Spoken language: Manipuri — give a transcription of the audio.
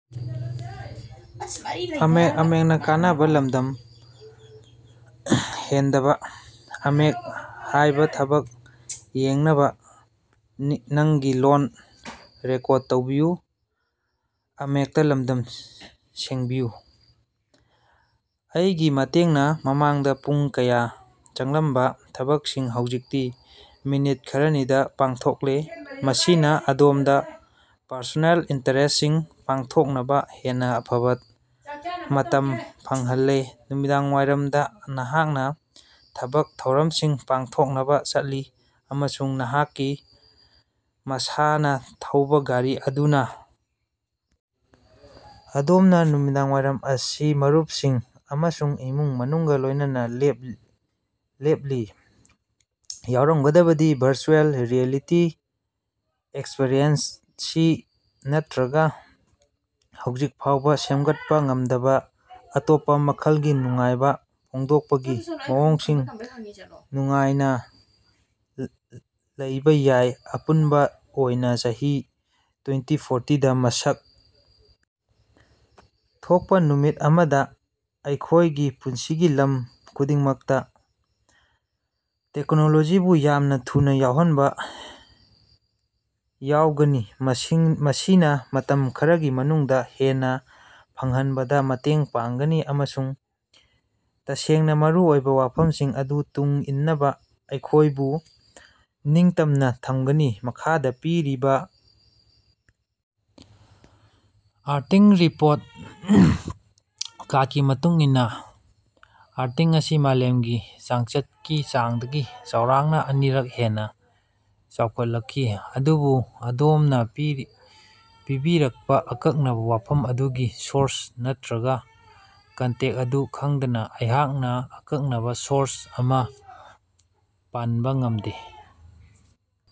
ꯑꯥꯏ ꯒꯤ ꯃꯇꯦꯡꯅ ꯃꯃꯥꯡꯗ ꯄꯨꯡ ꯀꯌꯥ ꯆꯪꯂꯝꯕ ꯊꯕꯛꯁꯤꯡ ꯍꯧꯖꯤꯛꯇꯤ ꯃꯤꯅꯤꯠ ꯈꯔꯅꯤꯗ ꯄꯥꯡꯊꯣꯛꯂꯦ ꯃꯁꯤꯅ ꯑꯗꯣꯝꯗ ꯄꯔꯁꯣꯅꯦꯜ ꯏꯟꯇꯔꯦꯁꯁꯤꯡ ꯄꯥꯡꯊꯣꯛꯅꯕ ꯍꯦꯟꯅ ꯑꯐꯕ ꯃꯇꯝ ꯐꯪꯍꯜꯂꯦ꯫ ꯅꯨꯃꯤꯗꯥꯡꯋꯥꯏꯔꯝꯗ ꯅꯍꯥꯛꯅ ꯊꯕꯛ ꯊꯧꯔꯝꯁꯤꯡ ꯄꯥꯡꯊꯣꯛꯅꯕ ꯆꯠꯂꯤ ꯑꯃꯁꯨꯡ ꯅꯍꯥꯛꯀꯤ ꯃꯁꯥꯅ ꯊꯧꯕ ꯒꯥꯔꯤ ꯑꯗꯨꯅ ꯑꯗꯣꯝꯅ ꯅꯨꯃꯤꯗꯥꯡꯋꯥꯏꯔꯝ ꯑꯁꯤ ꯃꯔꯨꯞꯁꯤꯡ ꯑꯃꯁꯨꯡ ꯏꯃꯨꯡ ꯃꯅꯨꯡꯒ ꯂꯣꯏꯅꯅ ꯂꯦꯞꯂꯤ ꯌꯥꯎꯔꯝꯒꯗꯕꯗꯤ ꯚꯔꯆꯨꯑꯦꯜ ꯔꯤꯌꯦꯂꯤꯇꯤ ꯑꯦꯛꯁꯄꯔꯤꯌꯦꯟꯁꯁꯤꯡ ꯅꯠꯇ꯭ꯔꯒ ꯍꯧꯖꯤꯛ ꯐꯥꯎꯕ ꯁꯦꯝꯒꯠꯄ ꯉꯝꯗꯕ ꯑꯇꯣꯞꯄ ꯃꯈꯜꯒꯤ ꯅꯨꯡꯉꯥꯏꯕ ꯐꯣꯡꯗꯣꯛꯄꯒꯤ ꯃꯑꯣꯡꯁꯤꯡ ꯅꯨꯡꯉꯥꯏꯅ ꯂꯧꯕ ꯌꯥꯏ꯫ ꯑꯄꯨꯟꯕ ꯑꯣꯏꯅ ꯆꯍꯤ ꯇꯣꯏꯟꯇꯤ ꯐꯣꯔꯇꯤ ꯗ ꯃꯁꯛ ꯊꯣꯛꯄ ꯅꯨꯃꯤꯠ ꯑꯃꯗ ꯑꯩꯈꯣꯏꯒꯤ ꯄꯨꯟꯁꯤꯒꯤ ꯂꯝ ꯈꯨꯗꯤꯡꯃꯛꯇ ꯇꯦꯛꯅꯣꯂꯣꯖꯤꯕꯨ ꯌꯥꯝꯅ ꯊꯨꯅꯥ ꯌꯥꯎꯍꯟꯕ ꯌꯥꯎꯒꯅꯤ ꯃꯁꯤꯅ ꯃꯇꯝ ꯈꯔꯒꯤ ꯃꯅꯨꯡꯗ ꯍꯦꯟꯅ ꯐꯪꯍꯟꯕꯗ ꯃꯇꯦꯡ ꯄꯥꯡꯒꯅꯤ ꯑꯃꯁꯨꯡ ꯇꯁꯦꯡꯅ ꯃꯔꯨ ꯑꯣꯏꯕ ꯋꯥꯐꯝꯁꯤꯡ ꯑꯗꯨ ꯇꯨꯡ ꯏꯟꯅꯕ ꯑꯩꯈꯣꯏꯕꯨ ꯅꯤꯡꯇꯝꯅ ꯊꯝꯒꯅꯤ꯫ ꯃꯈꯥꯗ ꯄꯤꯔꯤꯕ ꯑꯥꯔꯇꯤꯛ ꯔꯤꯄꯣꯔꯠ ꯀꯥꯔꯠꯀꯤ ꯃꯇꯨꯡ ꯏꯟꯅ ꯑꯥꯔꯇꯤꯛ ꯑꯁꯤ ꯃꯥꯂꯦꯝꯒꯤ ꯆꯥꯡꯆꯠꯀꯤ ꯆꯥꯡꯗꯒꯤ ꯆꯥꯎꯔꯥꯛꯅ ꯑꯅꯤꯔꯛ ꯍꯦꯟꯅ ꯋꯥꯡꯈꯠꯂꯛꯈꯤ꯫ ꯑꯗꯨꯕꯨ ꯑꯗꯣꯝꯅ ꯄꯤꯕꯤꯔꯛꯄ ꯑꯀꯛꯅꯕ ꯋꯥꯐꯝ ꯑꯗꯨꯒꯤ ꯁꯣꯔꯁ ꯅꯠꯇ꯭ꯔꯒ ꯀꯟꯇꯦꯛꯁ ꯑꯗꯨ ꯈꯪꯗꯅ ꯑꯩꯍꯥꯛꯅ ꯑꯀꯛꯅꯕ ꯁꯣꯔꯁ ꯑꯃ ꯄꯅꯕꯥ ꯉꯃꯗꯦ꯫